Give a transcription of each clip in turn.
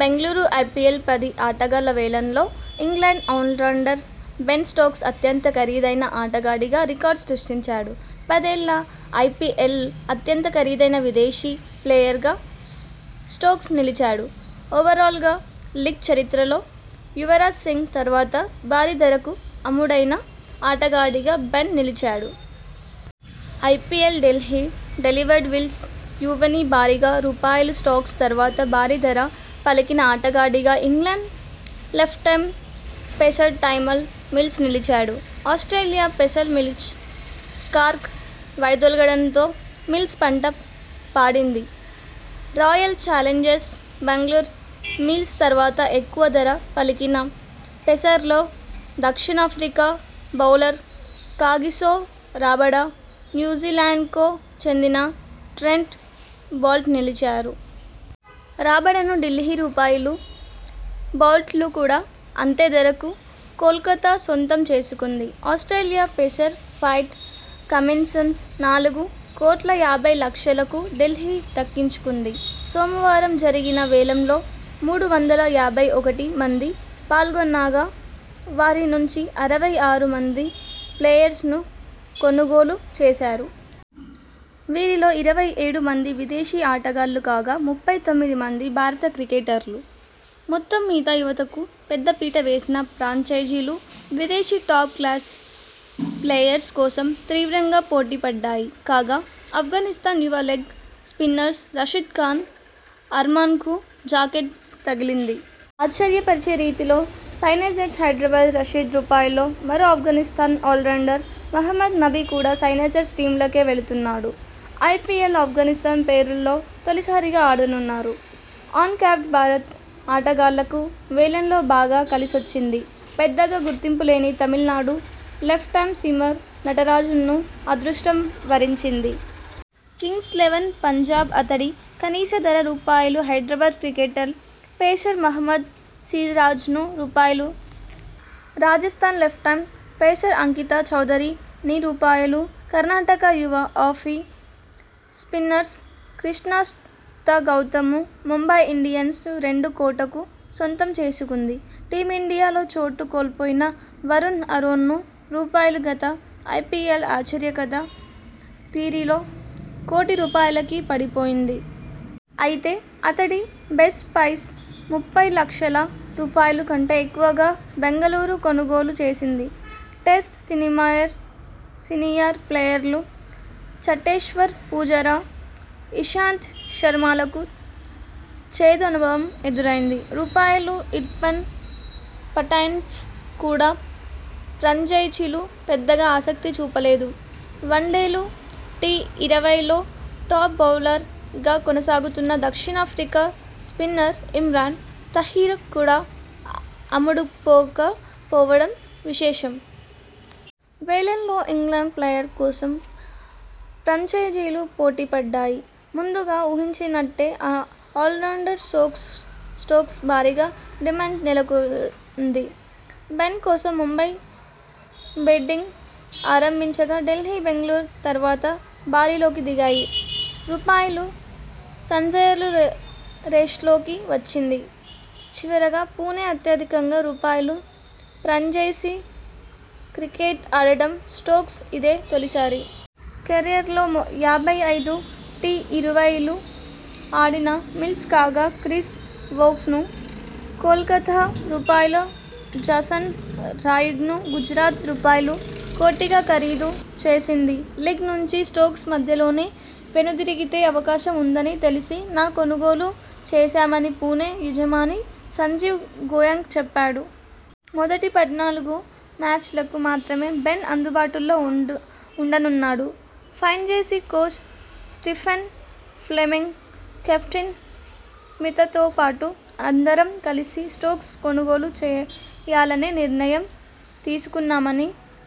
Bengaluru IPL పది ఆటగాళ్ల వేలంలో ఇంగ్లండ్ ఆల్రౌండర్ బెన్ స్టోక్స్ అత్యంత ఖరీదైన ఆటగాడిగా రికార్డు సృష్టించాడు. పదేళ్ల ఐపీఎల్లో అత్యంత ఖరీదైన విదేశీ ప్లేయర్గా స్టోక్స్ నిలిచాడు. ఓవరాల్గా లీగ్ చరిత్రలో యువరాజ్ సింగ్ తర్వాత భారీ ధరకు అమ్ముడైన ఆటగాడిగా బెన్ నిలిచాడు. ఐపీఎల్లో ఢిల్లీ డేర్డెవిల్స్ యువీని భారీగా రూపాయలు స్టోక్స్ తర్వాత భారీ ధర పలికిన ఆటగాడిగా England left arm pacer Tymal Mills నిలిచాడు. ఆస్ట్రేలియా పేసర్ మిచెల్ స్టార్క్ వైదొలగడంతో మిల్స్ పంట పా డింది. రాయల్ చాలెంజర్స్ బెంగళూరు మిల్స్ తర్వాత ఎక్కువ ధర పలికిన పేసర్లలో దక్షిణాఫ్రికా బౌలర్ కగిసొ రబాడ, న్యూజిలాండ్కు చెందిన ట్రెంట్ బౌల్ట్ నిలిచారు. రబాడను ఢిల్లీ రూపాయలు బౌల్ట్ను కూడా అంతే ధరకు కోల్కతా సొంతం చేసుకుంది. ఆస్ట్రలియా పేసర్ ప్యాట్ కమిన్స్ను నాలుగు కోట్ల యబ్బై లక్షలకు ఢిల్లీ దక్కించుకుంది. సోమవారం జరిగిన వేలంలో మూడు వందల యాభై ఒకటి మంది పాల్గొనగా, వారి నుంచి అరవై ఆరు మంది ప్లేయర్లను కొనుగోలు చేశారు. వీరిలో ఇరవై ఏడు మంది విదేశీ ఆటగాళ్లు కాగా, ముప్పై తొమ్మిది మంది భారత క్రికెటర్లు. మొత్తం మీద యువతకు పెద్ద పీట వేసిన ఫ్రాంచైజీలు విదేశీ టాప్ క్లాస్ ప్లేయర్ల కోసం తీవ్రంగా పోటీ పడ్డాయి. కాగా, అఫ్ఘానిస్థాన్ యువ లెగ్ స్పిన్నర్ రషీద్ ఖాన్ అర్మాన్కు జాక్పాట్ తగిలింది. ఆశ్చర్యపరిచే రీతిలో సన్రైజర్స్ హైదరాబాద్ రషీద్ను రూపాయలు మరో అఫ్ఘాన్ స్పిన్ ఆల్రౌండర్ మహమ్మద్ నబి కూడా సన్రైజర్స్ టీమ్లోకే వెళ్లనున్నాడు. ఐపీఎల్లో అఫ్ఘాన్ ప్లేయర్లు తొలిసారిగా ఆడనున్నారు. అన్ క్యాప్డ్ భారత ఆటగాళ్లకు వేలంలో బాగా కలిసొచ్చింది. పెద్దగా గుర్తింపులేని తమిళనాడు లెఫ్టామ్ సీమర్ నటరాజన్ను అదృష్టం వరించింది. కింగ్స్ లెవన్ పంజాబ్ అతడి కనీస ధర రూపాయలు హైదరాబాద్ క్రికెటర్లు పేసర్ మహమ్మద్ సిరాజ్ను రూపాయలు రాజస్థాన్ లెఫ్టామ్ పేసర్ అంకిత చౌదరి ని రూపాయలు కర్ణాటక యువ ఆఫ్ స్పిన్నర్ కృష్ణప్ప గౌతమ్ను ముంబై ఇండియన్స్ రెండు కోట్లకు సొంతం చేసుకుంది. టీమిండియాలో చోటు కోల్పోయిన వరుణ్ ఆరోన్ను రూపాయలు గత ఐపీఎల్లో ఆశ్చర్యకర రీతిలో కోటి రూపాయలకి పడిపోయింది. అయితే అతడి బేస్ ప్రైస్ ముప్పై లక్షల రూపాయలు కంటే ఎక్కువగా బెంగళూరు కొనుగోలు చేసింది. టెస్ట్ సీనియర్ ప్లేయర్లు చటేశ్వర్ పుజరా, ఇషాంత శర్మలకు చేదు అనుభవం ఎదురైంది. రూపాయలు ఇర్ఫాన్ పఠాన్పై కూడా ఫ్రాంచైజీలు పెద్దగా ఆసక్తి చూపలేదు. వన్డేలు, టీఇరవైల్లో టాప్ బౌలర్ గా కొనసాగుతున్న దక్షిణాఫ్రికా స్పిన్నర్ ఇమ్రాన్ తాహిర్ కూడా అమ్ముడుపోకపోవడం విశేషం. వేలంలో ఇంగ్లండ్ ప్లేయర్ల కోసం ఫ్రాంచైజీలు పోటీపడ్డాయి. ముందుగా ఊహించినట్టే ఆల్రౌండర్ స్టోక్స్కు భారీగా డిమాండ్ నెలకొంది. బెన్ కోసం ముంబై బిడ్డింగ్ ఆరంభించగా ఢిల్లీ, బెంగళూరు తర్వాత బరిలోకి దిగాయి. రూపాయలు సన్రైజర్స్ రేస్లోకి వచ్చింది. చివరగా పుణె అత్యధికంగా రూపాయలు ఫ్రాంచైజీ క్రికెట్ ఆడడం స్టోక్స్కు ఇదే తొలిసారి. కెరీర్లో యాభై ఐదు టీఇరవైలు ఆడిన మిల్స్ కాగా, క్రిస్ వోక్స్ను కోల్కతా రూపాయలు జాసన్ రాయ్ను గుజరాత రూపాయలు కోటికి ఖరీదు చేసింది. లీగ్ నుంచి స్టోక్స్ మధ్యలోనే వెనుదిరిగే అవకాశం ఉందని తెలిసి నా కొనుగోలు చేశామని పుణె యజమాని సంజీవ్ గోయెంకా చెప్పాడు. మొదటి పద్నాలుగు మ్యాచ్లకు మాత్రమే బెన్ అందుబాటులో ఉండనున్నాడు. Franchise coach Stephen Fleming, captain స్మితతోపాటు అందరం కలిసి స్టోక్స్ను కొనుగోలు చేయాలనే నిర్ణయం తీసుకున్నామని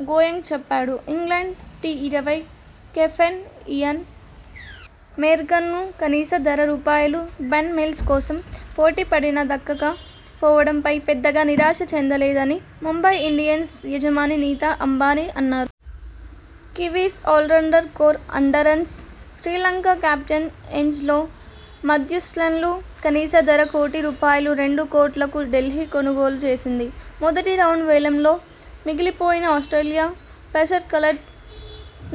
గోయెంకా చెప్పా డు. ఇంగ్లండ్ టీఇరవై కెప్టెన్ ఇయాన్ మోర్గాన్ను కనీస ధర రూపాయలు బెన్, మిల్స్ కోసం పోటీపడినా దక్కక పోవడంపై పెద్దగా నిరాశ చెందలేదని ముంబై ఇండియన్స్ యజమాని నీతా అంబానీ అన్నారు. కివీస్ ఆల్రౌండర్ కోరె అండర్సన్, శ్రీలంక కెప్టెన్ ఏంజె లో మాథ్యూస్లను కనీస ధర కోటి రూపాయలు, రెండు కోట్లకు ఢిల్లీ కొనుగోలు చేసింది. మొదటి రౌండ్ వేలంలో మిగిలిపోయిన ఆస్ట్రేలియా పేసర్ కల్టర్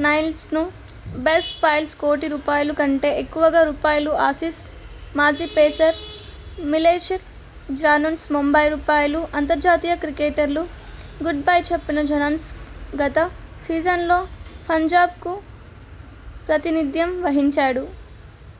నైల్ను బేస్ ప్రైస్ కోటి రూపాయలు కంటే ఎక్కువగా రూపాయలు ఆసీస్ మాజీ పేసర్ మిచెల్ జాన్సన్ను ముంబై రూపాయలు అంతర్జాతీయ క్రికెట్కు గుడ్బై చెప్పిన జాన్సన్ గత సీజన్లో పంజాబ్కు ప్రాతినిధ్యం వహించాడు.